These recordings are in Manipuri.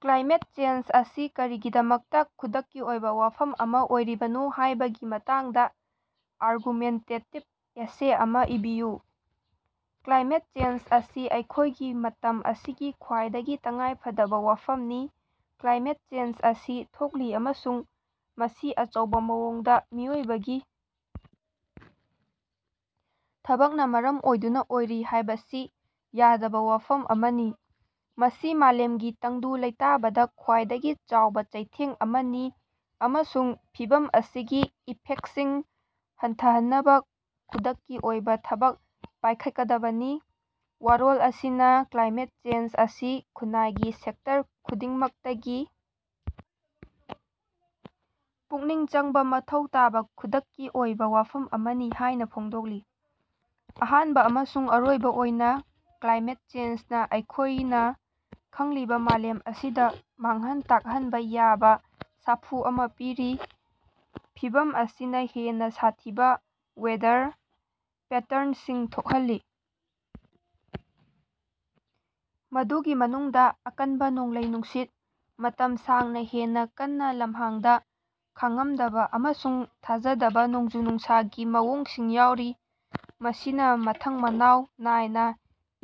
ꯀ꯭ꯂꯥꯏꯃꯦꯠ ꯆꯦꯟꯖ ꯑꯁꯤ ꯀꯔꯤꯒꯤꯗꯃꯛꯇ ꯈꯨꯗꯛꯀꯤ ꯑꯣꯏꯕ ꯋꯥꯐꯝ ꯑꯃ ꯑꯣꯏꯔꯤꯕꯅꯣ ꯍꯥꯌꯕꯒꯤ ꯃꯇꯥꯡꯗ ꯑꯥꯔꯒꯨꯃꯦꯟꯇꯦꯇꯤꯕ ꯑꯦꯁꯦ ꯑꯃ ꯏꯕꯤꯌꯨ꯫ ꯀ꯭ꯂꯥꯏꯃꯦꯠ ꯆꯦꯟꯖ ꯑꯁꯤ ꯑꯩꯈꯣꯌꯒꯤ ꯃꯇꯝ ꯑꯁꯤꯒꯤ ꯈ꯭ꯋꯥꯏꯗꯒꯤ ꯇꯉꯥꯏꯐꯗꯕ ꯋꯥꯐꯝꯅꯤ꯫ ꯀ꯭ꯂꯥꯏꯃꯦꯠ ꯆꯦꯟꯖ ꯑꯁꯤ ꯊꯣꯛꯂꯤ ꯑꯃꯁꯨꯡ ꯃꯁꯤ ꯑꯆꯧꯕ ꯃꯑꯣꯡꯗ ꯃꯤꯑꯣꯏꯕꯒꯤ ꯊꯕꯛꯅ ꯃꯔꯝ ꯑꯣꯏꯗꯨꯅ ꯑꯣꯏꯔꯤ ꯍꯥꯌꯕꯁꯤ ꯌꯥꯗꯕ ꯋꯥꯐꯝ ꯑꯃꯅꯤ꯫ ꯃꯁꯤ ꯃꯥꯂꯦꯝꯒꯤ ꯇꯪꯗꯨ ꯂꯩꯇꯥꯕꯗ ꯈ꯭ꯆꯥꯏꯗꯒꯤ ꯆꯥꯎꯕ ꯆꯩꯊꯦꯡ ꯑꯃꯅꯤ, ꯑꯃꯁꯨꯡ ꯐꯤꯚꯝ ꯑꯁꯤꯒꯤ ꯏꯐꯦꯛꯇꯁꯤꯡ ꯍꯟꯊꯍꯟꯅꯕ ꯈꯨꯗꯛꯀꯤ ꯑꯣꯏꯕ ꯊꯕꯛ ꯄꯥꯌꯈꯠꯀꯗꯕꯅꯤ꯫ ꯋꯥꯔꯣꯜ ꯑꯁꯤꯅ ꯀ꯭ꯂꯥꯏꯃꯦꯠ ꯆꯦꯟꯖ ꯑꯁꯤ ꯈꯨꯟꯅꯥꯏꯒꯤ ꯁꯦꯛꯇꯔ ꯈꯨꯗꯤꯡꯃꯛꯇꯒꯤ ꯄꯨꯛꯅꯤꯡ ꯆꯪꯕ ꯃꯊꯧ ꯇꯥꯕ ꯈꯨꯗꯛꯀꯤ ꯑꯣꯏꯕ ꯋꯥꯐꯝ ꯑꯃꯅꯤ ꯍꯥꯌꯅ ꯐꯣꯡꯗꯣꯛꯂꯤ꯫ ꯑꯍꯥꯟꯕ ꯑꯃꯁꯨꯡ ꯑꯔꯣꯏꯕ ꯑꯣꯏꯅ, ꯀ꯭ꯂꯥꯏꯃꯦꯠ ꯆꯦꯟꯖꯅ ꯑꯩꯈꯣꯌꯅ ꯈꯪꯂꯤꯕꯥ ꯃꯥꯂꯦꯝ ꯑꯁꯤꯗ ꯃꯥꯡꯍꯟ ꯇꯥꯛꯍꯟꯕ ꯌꯥꯕ ꯁꯥꯐꯨ ꯑꯃ ꯄꯤꯔꯤ꯫ ꯐꯤꯚꯝ ꯑꯁꯤꯅ ꯍꯦꯟꯅ ꯁꯥꯊꯤꯕ ꯋꯦꯗꯔ ꯄꯦꯇꯔꯟꯁꯤꯡ ꯊꯣꯛꯍꯜꯂꯤ, ꯃꯗꯨꯒꯤ ꯃꯅꯨꯡꯗ ꯑꯀꯟꯕ ꯅꯣꯡꯂꯩ-ꯅꯨꯡꯁꯤꯠ, ꯃꯇꯝ ꯁꯥꯡꯅ ꯍꯦꯟꯅ ꯀꯟꯅ ꯂꯝꯍꯥꯡꯗ ꯈꯥꯡꯉꯝꯗꯕ, ꯑꯃꯁꯨꯡ ꯊꯥꯖꯗꯕ ꯅꯣꯡꯖꯨ-ꯅꯨꯡꯁꯥꯒꯤ ꯃꯑꯣꯡꯁꯤꯡ ꯌꯥꯎꯔꯤ꯫ ꯃꯁꯤꯅ ꯃꯊꯪ ꯃꯅꯥꯑꯣꯎ ꯅꯥꯏꯅ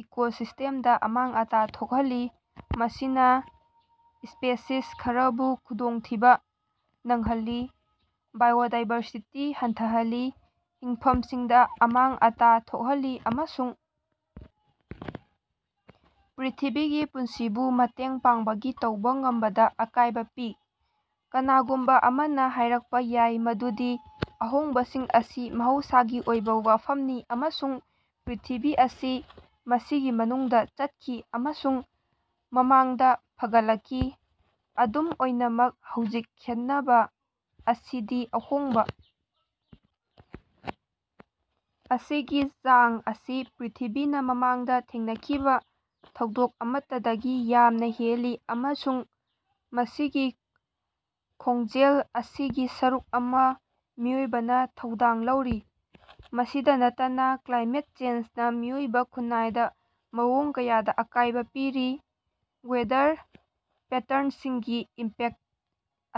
ꯏꯀꯣꯁꯤꯁ꯭ꯇꯦꯝꯗ ꯑꯃꯥꯡ-ꯑꯇꯥ ꯊꯣꯛꯍꯜꯂꯤ, ꯃꯁꯤꯅ ꯁ꯭ꯄꯦꯁꯤꯁ ꯈꯔꯕꯨ ꯈꯨꯗꯣꯡꯊꯤꯕ ꯅꯪꯍꯜꯂꯤ, ꯕꯥꯏꯑꯣꯗꯥꯏꯕꯔꯁꯤꯇꯤ ꯍꯟꯊꯍꯜꯂꯤ, ꯍꯤꯡꯐꯝꯁꯤꯡꯗ ꯑꯃꯥꯡ-ꯑꯇꯥ ꯊꯣꯛꯍꯜꯂꯤ ꯑꯃꯁꯨꯡ ꯄ꯭ꯔ꯭ꯤꯊꯤꯕꯤꯒꯤ ꯄꯨꯟꯁꯤꯕꯨ ꯃꯇꯦꯡ ꯄꯥꯡꯕꯒꯤ ꯇꯧꯕ ꯉꯝꯕꯗ ꯑꯀꯥꯌꯕ ꯄꯤ꯫ ꯀꯅꯥꯒꯨꯝꯕ ꯑꯃꯅ ꯍꯥꯌꯔꯛꯄ ꯌꯥꯏ ꯃꯗꯨꯗꯤ ꯑꯍꯣꯡꯕꯁꯤꯡ ꯑꯁꯤ ꯃꯍꯧꯁꯥꯒꯤ ꯑꯣꯏꯕ ꯋꯥꯐꯝꯅꯤ, ꯑꯃꯁꯨꯡ ꯄ꯭ꯔ꯭ꯤꯊꯤꯕꯤ ꯑꯁꯤ ꯃꯁꯤꯒꯤ ꯃꯅꯨꯡꯗ ꯆꯠꯈꯤ ꯑꯃꯁꯨꯡ ꯃꯃꯥꯡꯗ ꯐꯒꯠꯂꯛꯈꯤ꯫ ꯑꯗꯨꯝ ꯑꯣꯏꯅꯃꯛ ꯍꯧꯖꯤꯛ ꯈꯦꯟꯅꯕ ꯑꯁꯤꯗꯤ ꯑꯍꯣꯡꯕ ꯑꯁꯤꯒꯤ ꯆꯥꯡ ꯑꯁꯤ ꯄ꯭ꯔ꯭ꯤꯊꯤꯕꯤꯅ ꯃꯃꯥꯡꯗ ꯊꯦꯡꯅꯈꯤꯕ ꯊꯧꯗꯣꯛ ꯑꯃꯠꯇꯗꯒꯤ ꯌꯥꯝꯅ ꯍꯦꯜꯂꯤ ꯑꯃꯁꯨꯡ ꯃꯁꯤꯒꯤ ꯈꯣꯡꯖꯦꯜ ꯑꯁꯤꯒꯤ ꯁꯔꯨꯛ ꯑꯃ ꯃꯤꯑꯣꯏꯕꯅꯥ ꯊꯧꯗꯥꯡ ꯂꯧꯔꯤ꯫ ꯃꯁꯤꯗ ꯅꯠꯇꯅ ꯀ꯭ꯂꯥꯏꯃꯦꯠ ꯆꯦꯟꯖꯅ ꯃꯤꯑꯣꯏꯕꯥ ꯈꯨꯟꯅꯥꯏꯗ ꯃꯑꯣꯡ ꯀꯌꯥꯗ ꯑꯀꯥꯌꯕ ꯄꯤꯔꯤ꯫ ꯋꯦꯗꯔ ꯄꯦꯇꯔꯟꯁꯤꯡꯒꯤ ꯏꯝꯄꯦꯛꯇ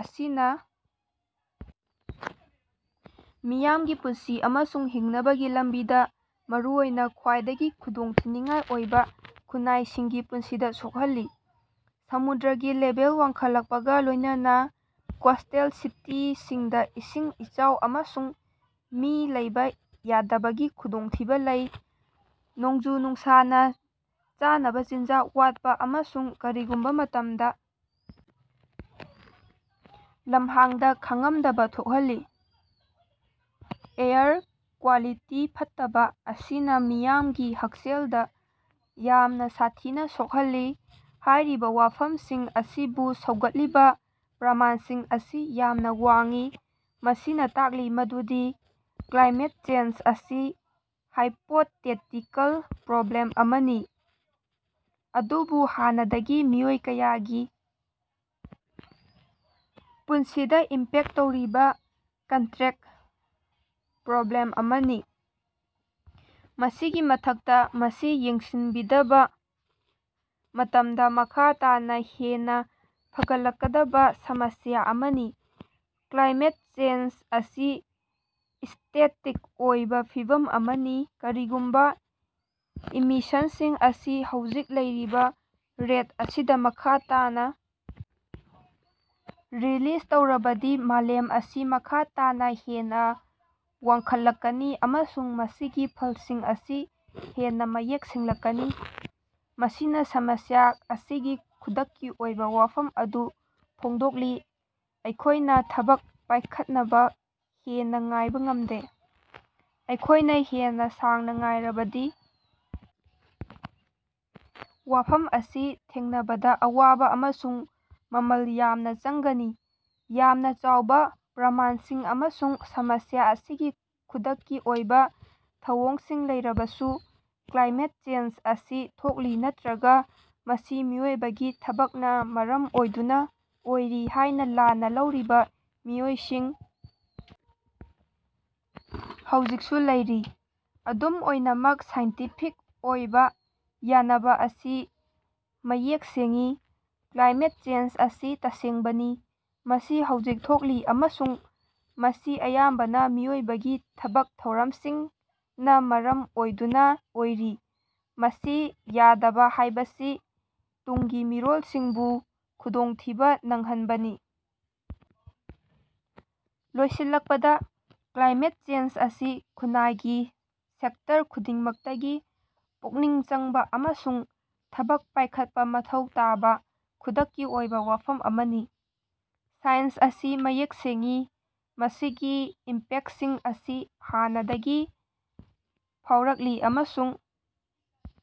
ꯑꯁꯤꯅ ꯃꯤꯌꯥꯝꯒꯤ ꯄꯨꯟꯁꯤ ꯑꯃꯁꯨꯡ ꯍꯤꯡꯅꯕꯒꯤ ꯂꯝꯕꯤꯗ ꯃꯔꯨꯑꯣꯏꯅ ꯈ꯭ꯋꯥꯏꯗꯒꯤ ꯈꯨꯗꯣꯡꯊꯤꯅꯤꯉꯥꯏ ꯑꯣꯏꯕ ꯈꯨꯟꯅꯥꯏꯁꯤꯡꯒꯤ ꯄꯨꯟꯁꯤꯗ ꯁꯣꯛꯍꯜꯂꯤ꯫ ꯁꯃꯨꯗ꯭ꯔꯒꯤ ꯂꯦꯚꯦꯜ ꯋꯥꯡꯈꯠꯂꯛꯄꯒ ꯂꯣꯌꯅꯅ ꯀꯣꯁ꯭ꯇꯦꯜ ꯁꯤꯇꯤꯁꯤꯡꯗ ꯏꯁꯤꯡ ꯏꯆꯥꯎ ꯑꯃꯁꯨꯡ ꯃꯤ ꯂꯩꯕ ꯌꯥꯗꯕꯒꯤ ꯈꯨꯗꯣꯡꯊꯤꯕ ꯂꯩ꯫ ꯅꯣꯡꯖꯨ-ꯅꯨꯡꯁꯥꯅ ꯆꯥꯅꯕ ꯆꯤꯟꯖꯥꯛ ꯋꯥꯠꯄ ꯑꯃꯁꯨꯡ ꯀꯔꯤꯒꯨꯝꯕ ꯃꯇꯝꯗ ꯂꯝꯍꯥꯡꯗ ꯈꯥꯡꯉꯝꯗꯕ ꯊꯣꯛꯍꯜꯂꯤ꯫ ꯑꯦꯌꯔ ꯀ꯭ꯋꯥꯂꯤꯇꯤ ꯐꯠꯇꯕ ꯑꯁꯤꯅ ꯃꯤꯌꯥꯝꯒꯤ ꯍꯛꯁꯦꯜꯗ ꯌꯥꯝꯅ ꯁꯥꯊꯤꯅ ꯁꯣꯛꯍꯜꯂꯤ꯫ ꯍꯥꯌꯔꯤꯕ ꯋꯥꯐꯃꯝꯁꯤꯡ ꯑꯁꯤꯕꯨ ꯁꯧꯒꯠꯂꯤꯕ ꯄ꯭ꯔꯃꯥꯟꯁꯤꯡ ꯑꯁꯤ ꯌꯥꯝꯅ ꯋꯥꯡꯏ, ꯃꯁꯤꯅ ꯇꯥꯛꯂꯤ ꯃꯗꯨꯗꯤ ꯀ꯭ꯂꯥꯏꯃꯦꯠ ꯆꯦꯟꯖ ꯑꯁꯤ ꯍꯥꯏꯄꯣꯇꯦꯇꯤꯀꯜ ꯄ꯭ꯔꯣꯕ꯭ꯂꯦꯝ ꯑꯃꯅꯤ, ꯑꯗꯨꯕꯨ ꯍꯥꯟꯅꯗꯒꯤ ꯃꯤꯑꯣꯏ ꯀꯌꯥꯒꯤ ꯄꯨꯟꯁꯤꯗ ꯏꯝꯄꯦꯛꯇ ꯇꯧꯔꯤꯕ ꯀꯟꯇ꯭ꯔꯦꯛꯇ ꯄ꯭ꯔꯣꯕ꯭ꯂꯦꯝ ꯑꯃꯅꯤ꯫ ꯃꯁꯤꯒꯤ ꯃꯊꯛꯇ, ꯃꯁꯤ ꯌꯦꯡꯁꯤꯟꯕꯤꯗꯕ ꯃꯇꯝꯗ ꯃꯈꯥ ꯇꯥꯅ ꯍꯦꯟꯅ ꯐꯒꯠꯂꯛꯀꯗꯕ ꯁꯃꯁ꯭ꯌꯥ ꯑꯃꯅꯤ꯫ ꯀ꯭ꯂꯥꯏꯃꯦꯠ ꯆꯦꯟꯖ ꯑꯁꯤ ꯁ꯭ꯇꯦꯇꯤꯛ ꯑꯣꯏꯕꯥ ꯐꯤꯚꯝ ꯑꯃꯅꯤ, ꯀꯔꯤꯒꯨꯝꯕ ꯏꯃꯤꯁꯟꯁꯤꯡ ꯑꯁꯤ ꯍꯧꯖꯤꯛ ꯂꯩꯔꯤꯕ ꯔꯦꯠ ꯑꯁꯤꯗ ꯃꯈꯥ ꯇꯥꯅ ꯔꯤꯂꯤꯖ ꯇꯧꯔꯕꯗꯤ ꯃꯥꯂꯦꯝ ꯑꯁꯤ ꯃꯈꯥ ꯇꯥꯅ ꯍꯦꯟꯅ ꯋꯥꯡꯈꯠꯂꯛꯀꯅꯤ, ꯑꯃꯁꯨꯡ ꯃꯁꯤꯒꯤ ꯐꯜꯁꯤꯡ ꯑꯁꯤ ꯍꯦꯟꯅ ꯃꯌꯦꯛ ꯁꯦꯡꯂꯛꯀꯅꯤ꯫ ꯃꯁꯤꯅ ꯁꯃꯁ꯭ꯌꯥ ꯑꯁꯤꯒꯤ ꯈꯨꯗꯛꯀꯤ ꯑꯣꯏꯕ ꯋꯥꯐꯝ ꯑꯗꯨ ꯐꯣꯡꯗꯣꯛꯂꯤ ꯑꯩꯈꯣꯌꯅ ꯊꯕꯛ ꯄꯥꯌꯈꯠꯅꯕ ꯍꯦꯟꯅ ꯉꯥꯏꯕ ꯉꯝꯗꯦ꯫ ꯑꯩꯈꯣꯌꯅ ꯍꯦꯟꯅ ꯁꯥꯡꯅ ꯉꯥꯏꯔꯕꯗꯤ, ꯋꯥꯐꯝ ꯑꯁꯤ ꯊꯦꯡꯅꯕꯗ ꯑꯋꯥꯕ ꯑꯃꯁꯨꯡ ꯃꯃꯜ ꯌꯥꯝꯅ ꯆꯪꯒꯅꯤ꯫ ꯌꯥꯝꯅ ꯆꯥꯎꯕ ꯄ꯭ꯔꯃꯥꯟꯁꯤꯡ ꯑꯃꯁꯨꯡ ꯁꯃꯁ꯭ꯌꯥ ꯑꯁꯤꯒꯤ ꯈꯨꯗꯛꯀꯤ ꯑꯣꯏꯕ ꯊꯧꯑꯣꯡꯁꯤꯡ ꯂꯩꯔꯕꯁꯨ, ꯀ꯭ꯂꯥꯏꯃꯦꯠ ꯆꯦꯟꯖ ꯑꯁꯤ ꯊꯣꯛꯂꯤ ꯅꯠꯇ꯭ꯔꯒꯥ ꯃꯁꯤ ꯃꯤꯑꯣꯏꯕꯒꯤ ꯊꯕꯛꯅ ꯃꯔꯝ ꯑꯣꯏꯗꯨꯅ ꯑꯣꯏꯔꯤ ꯍꯥꯌꯅ ꯂꯥꯟꯅ ꯂꯧꯔꯤꯕ ꯃꯤꯑꯣꯏꯁꯤꯡ ꯍꯧꯖꯤꯛꯁꯨ ꯂꯩꯔꯤ꯫ ꯑꯗꯨꯝ ꯑꯣꯏꯅꯃꯛ, ꯁꯥꯏꯟꯇꯤꯐꯤꯛ ꯑꯣꯏꯕ ꯌꯥꯅꯕ ꯑꯁꯤ ꯃꯌꯦꯛ ꯁꯦꯡꯏ: ꯀ꯭ꯂꯥꯏꯃꯦꯠ ꯆꯦꯟꯖ ꯑꯁꯤ ꯇꯁꯦꯡꯕꯅꯤ, ꯃꯁꯤ ꯍꯧꯖꯤꯛ ꯊꯣꯛꯂꯤ, ꯑꯃꯁꯨꯡ ꯃꯁꯤ ꯑꯌꯥꯝꯕꯅ ꯃꯤꯑꯣꯏꯕꯒꯤ ꯊꯕꯛ ꯊꯧꯔꯝꯁꯤꯡꯅ ꯃꯔꯝ ꯑꯣꯏꯗꯨꯅ ꯑꯣꯏꯔꯤ꯫ ꯃꯁꯤ ꯌꯥꯗꯕ ꯍꯥꯌꯕꯁꯤ ꯇꯨꯡꯒꯤ ꯃꯤꯔꯣꯜꯁꯤꯡꯕꯨ ꯈꯨꯗꯣꯡꯊꯤꯕ ꯅꯪꯍꯟꯕꯅꯤ꯫ ꯂꯣꯏꯁꯤꯜꯂꯛꯄꯗ, ꯀ꯭ꯂꯥꯏꯃꯦꯠ ꯆꯦꯟꯖ ꯑꯁꯤ ꯈꯨꯟꯅꯥꯏꯒꯤ ꯁꯦꯛꯇꯔ ꯈꯨꯗꯤꯡꯃꯛꯇꯒꯤ ꯄꯨꯛꯅꯤꯡ ꯆꯪꯕ ꯑꯃꯁꯨꯡ ꯊꯕꯛ ꯄꯥꯌꯈꯠꯄ ꯃꯊꯧ ꯇꯥꯕ ꯈꯨꯗꯛꯀꯤ ꯑꯣꯏꯕ ꯋꯥꯐꯝ ꯑꯃꯅꯤ꯫ ꯁꯥꯏꯟꯁ ꯑꯁꯤ ꯃꯌꯦꯛ ꯁꯦꯡꯏ, ꯃꯁꯤꯒꯤ ꯏꯝꯄꯦꯛꯇꯁꯤꯡ ꯑꯁꯤ ꯍꯥꯟꯅꯗꯒꯤ ꯐꯥꯑꯣꯔꯛꯂꯤ ꯑꯃꯁꯨꯡ